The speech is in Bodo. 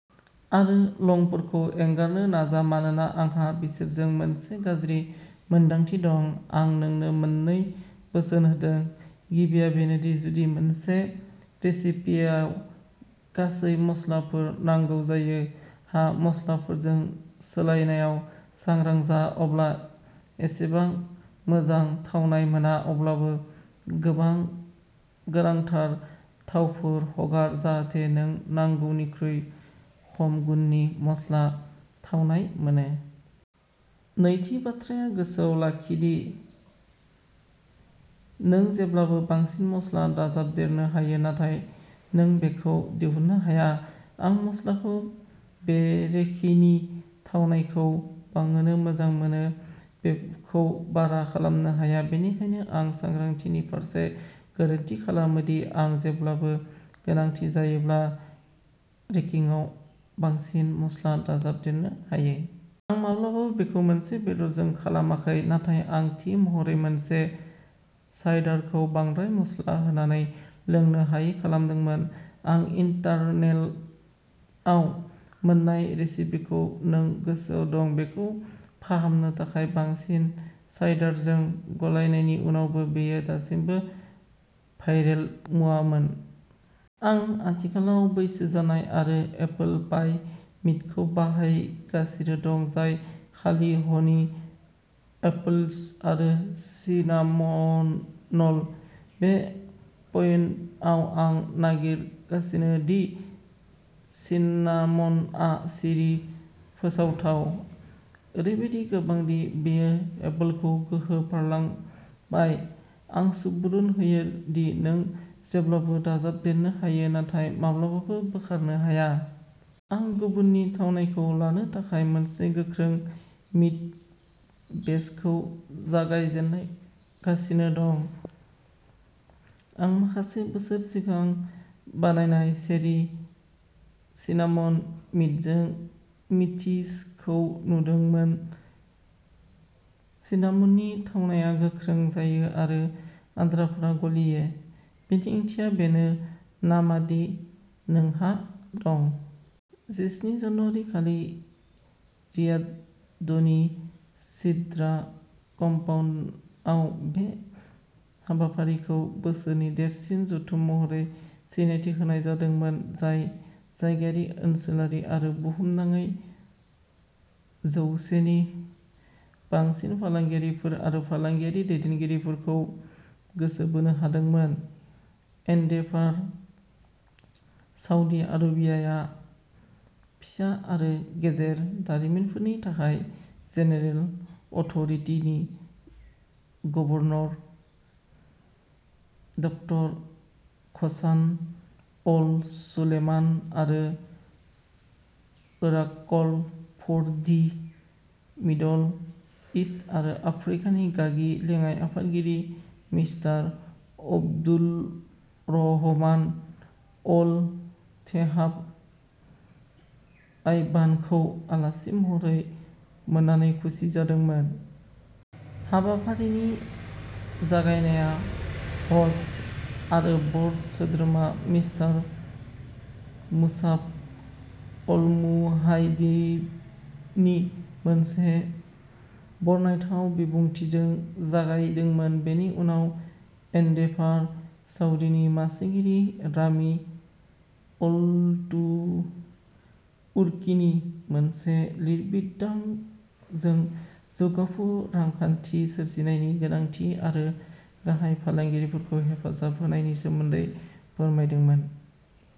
आरो लंफोरखौ एंगारनो नाजा। मानोना आंहा बिसोरजों मोनसे गाज्रि मोन्दांथि दं। आं नोंनो मोननै बोसोन होदों। गिबिया बेनो दि जुदि मोनसे रेसिपियाव गासै मस्लाफोर नांगौ जायो, हा मसलाफोरजों सोलायनायाव सांग्रां जा। अब्ला एसेबां मोजां थावनाय मोना, अब्लाबो गोबां गोनांथार थावफोर हगार। जाहाथे नों नांगौनिख्रुइ खम गुननि मस्ला थावनाय मोनो। नैथि बाथ्राया गोसोआव लाखि दि नों जेब्लाबो बांसिन मस्ला दाजाबदेरनो हायो। नाथाय नों बेखौ दिहुननो हाया। आं मस्लाखौ बेरेखिनि थावनायखौ बांहोनो मोजां मोनो, बेखौ बारा खालामनो हाया। बेनिखायनो आं सांग्रांथिनि फारसे गोरोन्थि खालामो दि, आं जेब्लाबो गोनांथि जायोब्ला रेकिंआव बांसिन मस्ला दाजाबदेरनो हायो। आं माब्लाबाबो बेखौ मोनसे बेदरजों खालामाखै नाथाय आं थि महरै मोनसे साइडारखौ बांद्राय मस्ला होनानै लोंनो हायै खालामदोंमोन। आं इन्टारनेलआव मोननाय रेसिपिखौ नों गोसोआव दं, बेखौ फाहामनो थाखाय बांसिन साइडारजों गलायनायनि उनावबो बेयो दासिमबो भायरेल मुवामोन। आं आथिखालाव बैसो जानाय आरो एपोल पाइ मिडखौ बाहायगासिनो दं, जाय खालि हनी एपोल्स आरो सिनामननल। बे पइयेन्टआव आं नागिरगासिनो दि सिनामनआ सिरि फोसावथाव। ओरैबायदि गोबां दि बेयो एपोलखौ गोहो बारलांबाय। आं सुबुरुन होयो दि नों जेब्लाबो दाजाबदेरनो हायो। नाथाय माब्लाबाबो बोखारनो हाया। आं गुबुननि थावनायखौ लानो थाखाय मोनसे गोख्रों मिड बेचखौ जागायजेननायगासिनो दं। आं माखासे बोसोर सिगां बानायनाय चेरि सिनामन मिडजों मिथिटिसखौ नुदोंमोन। सिनामननि थावनाया गोख्रों जायो आरो आद्राफोरा गलियो। बेनि ओंथिया बेनो नामा दि नोंहा दं जिस्नि जानुवारी खालि रियाद'नि सिद्रा कम्पाउन्डआव बे हाबाफारिखौ बोसोरनि देरसिन जथुम महरै सिनायथि होनाय जादोंमोन। जाय जायगायारि ओनसोलारि आरो बुहुमनाङै जौवसेनि बांसिन फालांगियारिफोर आरो फालांगियारि दैदेनगिरिफोरखौ गोसो बोनो हादोंमोन। एन्डेभार साउदी आरबियाआ फिसा आरो गेजेर दारिमिनफोरनि थाखाय जेनेरेल अथ'रिटिनि governor doctor Ghassan Al Suleiman आरो Oracle for the Middle East आरो आफ्रिकानि गागि लेङाइ आफादगिरि मिस्टार अब्दुलरहमान अल थेहाबआइबानखौ आलासि महरै मोननानै खुसि जादोंमोन। हाबाफारिनि जागायनाया ह'स्ट आरो बर्ड सोद्रोमा मिस्टार मुसाब अलमुहाइदिनि मोनसे बरनायथाव बिबुंथिजों जागायदोंमोन। बेनि उनाव एन्डेभार साउदीनि मासिगिरि रामि अलतुतुर्कीनि मोनसे लिरबिदांजों जौगाफु रांखान्थि सोरजिनायनि गोनांथि आरो गाहाय फालांगिरिफोरखौ हेफाजाब होनायनि सोमोन्दै फोरमायदोंमोन।